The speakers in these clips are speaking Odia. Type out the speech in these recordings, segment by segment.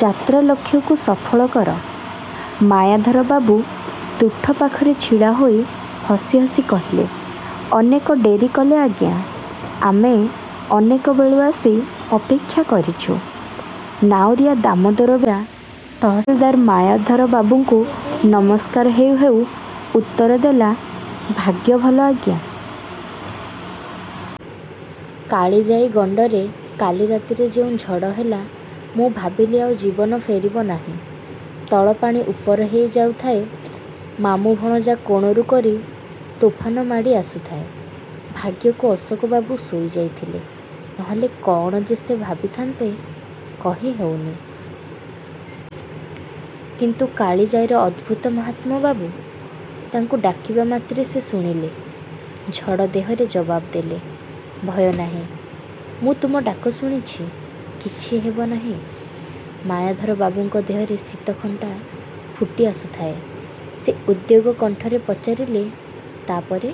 ଯାତ୍ରାଲକ୍ଷ୍ୟକୁ ସଫଳ କର। ' ମାୟାଧରବାବୁ ତୁଠ ପାଖରେ ଛିଡ଼ାହୋଇ ହସି ହସି କହିଲେ, ଅନେକ ଡେରିକଲେ ଆଜ୍ଞା! ଆମେ ଅନେକବେଳୁ ଆସି ଅପେକ୍ଷା କରିଛୁଁ। ନାଉରୀଆ ଦାମୋଦର ବେହେରା ତହସିଲ୍ଦାର ମାୟାଧର ବାବୁଙ୍କୁ ନମସ୍କାର ହେଉ ହେଉ ଉତ୍ତର ଦେଲା, ଭାଗ୍ୟ ଭଲ ଆଜ୍ଞା! କାଳିଜାଈ ଗଣ୍ଡରେ କାଲି ରାତିରେ ଯେଉଁ ଝଡ଼ ହେଲା, ମୁଁ ଭାବିଲି ଆଉ ଜୀବନ ଫେରିବ ନାହିଁ। ତଳ ପାଣି ଉପର ହୋଇଯାଉଥାଏ। ମାମୁଁ ଭଣଜା କୋଣରୁ କରି ତୋଫାନ ମାଡ଼ି ଆସୁଥାଏ। ଭାଗ୍ୟକୁ ଅଶୋକ ବାବୁ ଶୋଇ ଯାଇଥିଲେ। ନହେଲେ କଣ ଯେ ସେ ଭାବିଥାନ୍ତେ, କହି ହେଉନି। କିନ୍ତୁ କାଳିଜାଈର ଅଦ୍ଭୁତ ମାହାତ୍ମ୍ୟ ବାବୁ! ତାଙ୍କୁ ଡାକିବା ମାତ୍ରେ ସେ ଶୁଣିଲେ। ଝଡ଼ ଦେହରେ ଜବାବ ଦେଲେ, ଭୟନାହିଁ। ମୁଁ ତୁମ ଡାକ ଶୁଣିଛି। କିଛି ହେବ ନାହିଁ। ମାୟାଧର ବାବୁଙ୍କ ଦେହରେ ଶୀତକଣ୍ଟା ଫୁଟି ଆସୁଥାଏ। ସେ ଉଦ୍ବେଗ କଣ୍ଠରେ ପଚାରିଲେ, ତା ପରେ?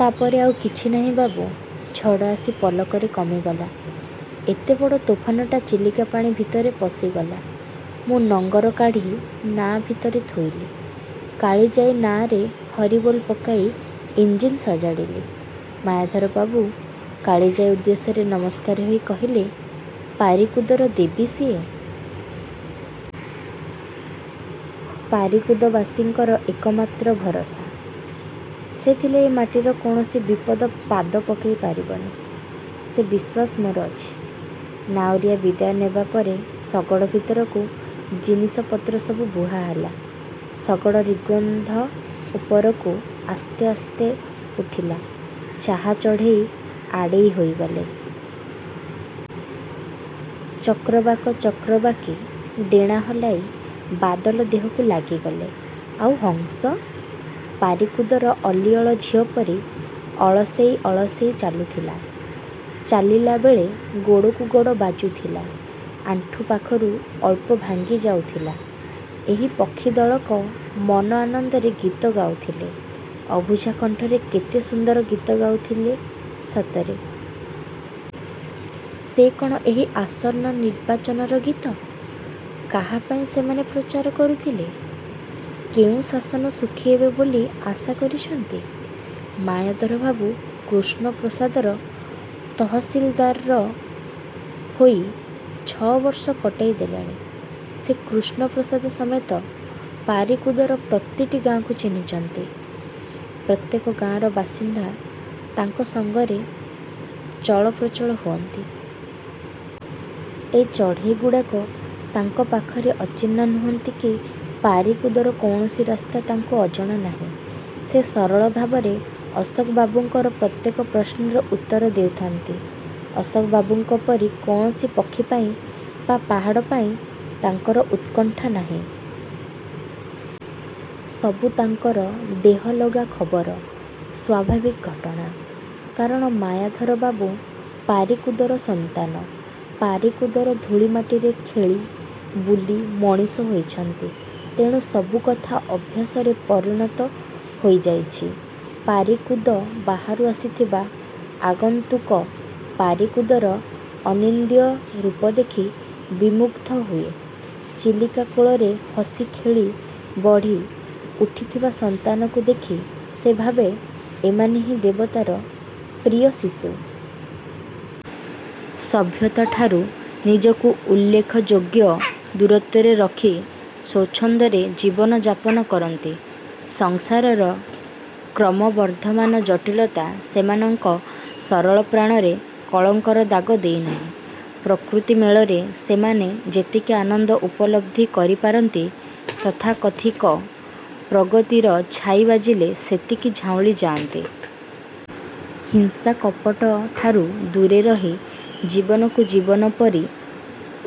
ତା ପରେ ଆଉ କିଛି ନାହିଁ ବାବୁ, ଝଡ଼ ଆସି ପଲକରେ କମିଗଲା। ଏତେବଡ଼ ତୋଫାନଟା ଚିଲିକା ପାଣି ଭିତରେ ପଶିଗଲା। ମୁଁ ନଙ୍ଗର କାଢ଼ି ନାହା ଭିତରେ ଥୋଇଲି। କାଳିଯାଈ ନାଆଁ ରେ 'ହରିବୋଲ' ପକାଇ ଇଂଜିନ୍ ସଜାଡ଼ିଲି। ମାୟାଧର ବାବୁ କାଳିଜାଈ ଉଦ୍ଦେଶ୍ୟରେ ନମସ୍କାର ହୋଇ କହିଲେ, ପାରିକୁଦର ଦେବୀ ସିଏ! ପାରିକୁଦବାସୀଙ୍କର ଏକମାତ୍ର ଭରସା। ସେ ଥିଲେ ଏ ମାଟିରେ କୌଣସି ବିପଦ ପାଦ ପକାଇ ପାରିବନି। ସେ ବିଶ୍ୱାସ ମୋର ଅଛି। ନାଉରୀଆ ବିଦାୟ ନେବା ପରେ ଶଗଡ଼ ଭିତରକୁ ଜିନିଷ ପତ୍ର ସବୁ ବୁହାହେଲା। ଶଗଡ଼ ରିଙ୍ଗ୍ବନ୍ଧ ଉପରକୁ ଆସ୍ତେ ଆସ୍ତେ ଉଠିଲା। ଚାହା ଚଢ଼େଇ ଆଡ଼େଇ ହୋଇଗଲେ। ଚକ୍ରବାକ ଚକ୍ରବାକୀ ଡେଣା ହଲାଇ ବାଦଲ ଦେହକୁ ଲାଗିଗଲେ। ଆଉ ହଂସ? ପାରିକୁଦର ଅଲିଅଳ ଝିଅପରି ଅଳସେଇ ଅଳସେଇ ଚାଲୁଥିଲା। ଚାଲିଲାବେଳେ ଗୋଡ଼କୁ ଗୋଡ଼ ବାଜୁଥିଲା। ଆଣ୍ଠୁ ପାଖରୁ ଅଳ୍ପ ଭାଙ୍ଗି ଯାଉଥିଲା ଏହି ପକ୍ଷୀଦଳକ ମନ ଆନନ୍ଦରେ ଗୀତ ଗାଉଥିଲେ। ଅବୁଝା କଣ୍ଠରେ କେତେ ସୁନ୍ଦର ଗୀତ ଗାଉଥିଲେ ସତରେ! ସେ କଣ ଏହି ଆସନ୍ନ ନିର୍ବାଚନର ଗୀତ? କାହାପାଇଁ ସେମାନେ ପ୍ରଚାର କରୁଥିଲେ।? କେଉଁ ଶାସନରେ ସୁଖୀ ହେବେ ବୋଲି ଆଶା କରିଛନ୍ତି? ମାୟାଧରବାବୁ କୃଷ୍ଣପ୍ରସାଦର ତହସିଲ୍ଦାର ହୋଇ ଛଅବର୍ଷ କଟାଇ ଦେଲେଣି। ସେ କୃଷ୍ଣପ୍ରସାଦ ସମେତ ପାରିକୁଦର ପ୍ରତିଟି ଗାଆଁକୁ ଚିହ୍ନିଛନ୍ତି। ପ୍ରତ୍ୟେକ ଗାଆଁର ବାସିନ୍ଦା ତାଙ୍କ ସଙ୍ଗେର ଚଳପ୍ରଚଳ ହୁଅନ୍ତି। ଏ ଚଢ଼େଇ ଗୁଡ଼ାକ ତାଙ୍କ ପାଖରେ ଅଚିହ୍ନା ନୁହନ୍ତି କି ପାରିକୁଦର କୌଣସି ରାସ୍ତା ତାଙ୍କୁ ଅଜଣା ନାହିଁ। ସେ ସରଳ ଭାବରେ ଅଶୋକ ବାବୁଙ୍କର ପ୍ରତ୍ୟେକ ପ୍ରଶ୍ନର ଉତ୍ତର ଦେଉଥାନ୍ତି। ଅଶୋକବାବୁଙ୍କ ପରି କୌଣସି ପକ୍ଷୀପାଇଁ ବା ପାହାଡ଼ ପାଇଁ ତାଙ୍କର ଉତ୍କଣ୍ଠା ନାହିଁ। ସବୁ ତାଙ୍କର ଦେହଲଗା ଖବର, ସ୍ୱାଭାବିକ ଘଟଣା। କାରଣ ମାୟାଧର ବାବୁ ପାରିକୁଦର ସନ୍ତାନ। ପାରିକୁଦର ଧୂଳିମାଟିରେ ଖେଳି, ବୁଲି ମଣିଷ ହୋଇଛନ୍ତି। ତେଣୁ ସବୁକଥା ଅଭ୍ୟାସରେ ପରିଣତ ହୋଇଯାଇଛି। ପାରିକୁଦ ବାହାରୁ ଆସିଥିବା ଆଗନ୍ତୁକ ପାରିକୁଦର ଅନିନ୍ଦ୍ୟ ରୂପ ଦେଖି ବିମୁଗ୍ଧ ହୁଏ-। ଚିଲିକା କୋଳରେ ହସିଖେଳି ବଢ଼ି-ଉଠିଥିବା ସନ୍ତାନକୁ ଦେଖି ସେ ଭାବେ, ଏମାନେହିଁ ଦେବତାର ପ୍ରିୟଶିଶୁ। ସଭ୍ୟତାଠାରୁ ନିଜକୁ ଉଲ୍ଲେଖ ଯୋଗ୍ୟ ଦୂରତ୍ୱରେ ରଖି ସ୍ୱଚ୍ଛନ୍ଦରେ ଜୀବନ ଯାପନ କରନ୍ତି। ସଂସାରର କ୍ରମ-ବର୍ଦ୍ଧମାନ ଜଟିଳତା ସେମାନଙ୍କ ସରଳ ପ୍ରାଣରେ କଳଙ୍କର ଦାଗ ଦେଇନାହିଁ। ପ୍ରକୃତି ମେଳରେ ସେମାନେ ଯେତିକି ଆନନ୍ଦ ଉପଲବ୍ଧି କରିପାରନ୍ତି ତଥାକଥିକ ପ୍ରଗତିର ଛାଇ ବାଜିଲେ ସେତିକି ଝାଉଁଳି ଯାଆନ୍ତି। ହିଂସାକପଟଠାରୁ ଦୂରେ ରହି ଜୀବନକୁ ଜୀବନ ପରି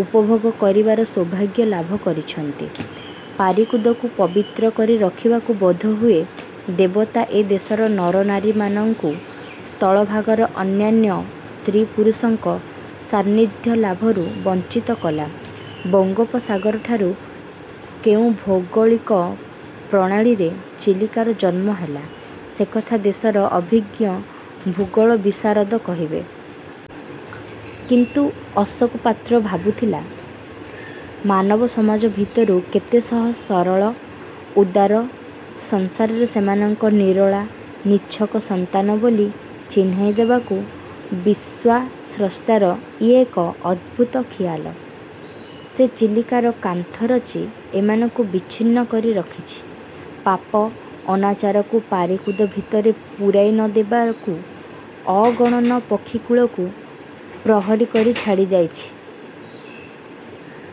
ଉପଭୋଗ କରିବାର ସୌଭାଗ୍ୟ ଲାଭ କରିଛନ୍ତି। ପାରିକୁଦକୁ ପବିତ୍ର କରି ରଖିବାକୁ ବୋଧହୁଏ ଦେବତା ଏ ଦେଶର ନରନାରୀମାନଙ୍କୁ ସ୍ଥଳଭାଗର ଅନ୍ୟାନ୍ୟ ସ୍ତ୍ରୀପୁରୁଷଙ୍କ ସାନ୍ନିଧ୍ୟ ଲାଭରୁ ବଞ୍ଚିତ କଲା। ବଙ୍ଗୋପସାଗର ଠାରୁ କେଉଁ ଭୌଗଳିକ ପ୍ରଣାଳୀରେ ଚିଲିକାର ଜନ୍ମ ହେଲା, ସେକଥା ଦେଶର ଅଭିଜ୍ଞ ଭୂଗୋଳ-ବିଶାରଦ କହିବେ। କିନ୍ତୁ ଅଶୋକ ପାତ୍ର ଭାବୁଥିଲା, ମାନବ ସମାଜ ଭିତରୁ କେତେଶହ ସରଳ; ଉଦାର ସଂସାରରେ ସେମାନେ ନିରୋଳା, ନିଛକ ସନ୍ତାନ ବୋଲି ଚିହ୍ନାଇ ଦେବାକୁ ବିଶ୍ୱାସ୍ରଷ୍ଟାର ଇଏ ଏକ ଅଦ୍ଭୁତ ଖିଆଲ। ସେ ଚିଲିକାର କାନ୍ଥ ରଚି ଏମାନଙ୍କୁ ବିଚ୍ଛିନ୍ନ କରି ରଖିଛି। ପାପ; ଅନାଚାରକୁ ପାରିକୁଦ ଭିତରେ ପୂରାଇ ନ ଦେବାକୁ ଅଗଣନ ପକ୍ଷୀକୁଳକୁ ପ୍ରହରୀ କରି ଛାଡ଼ି ଯାଇଛି।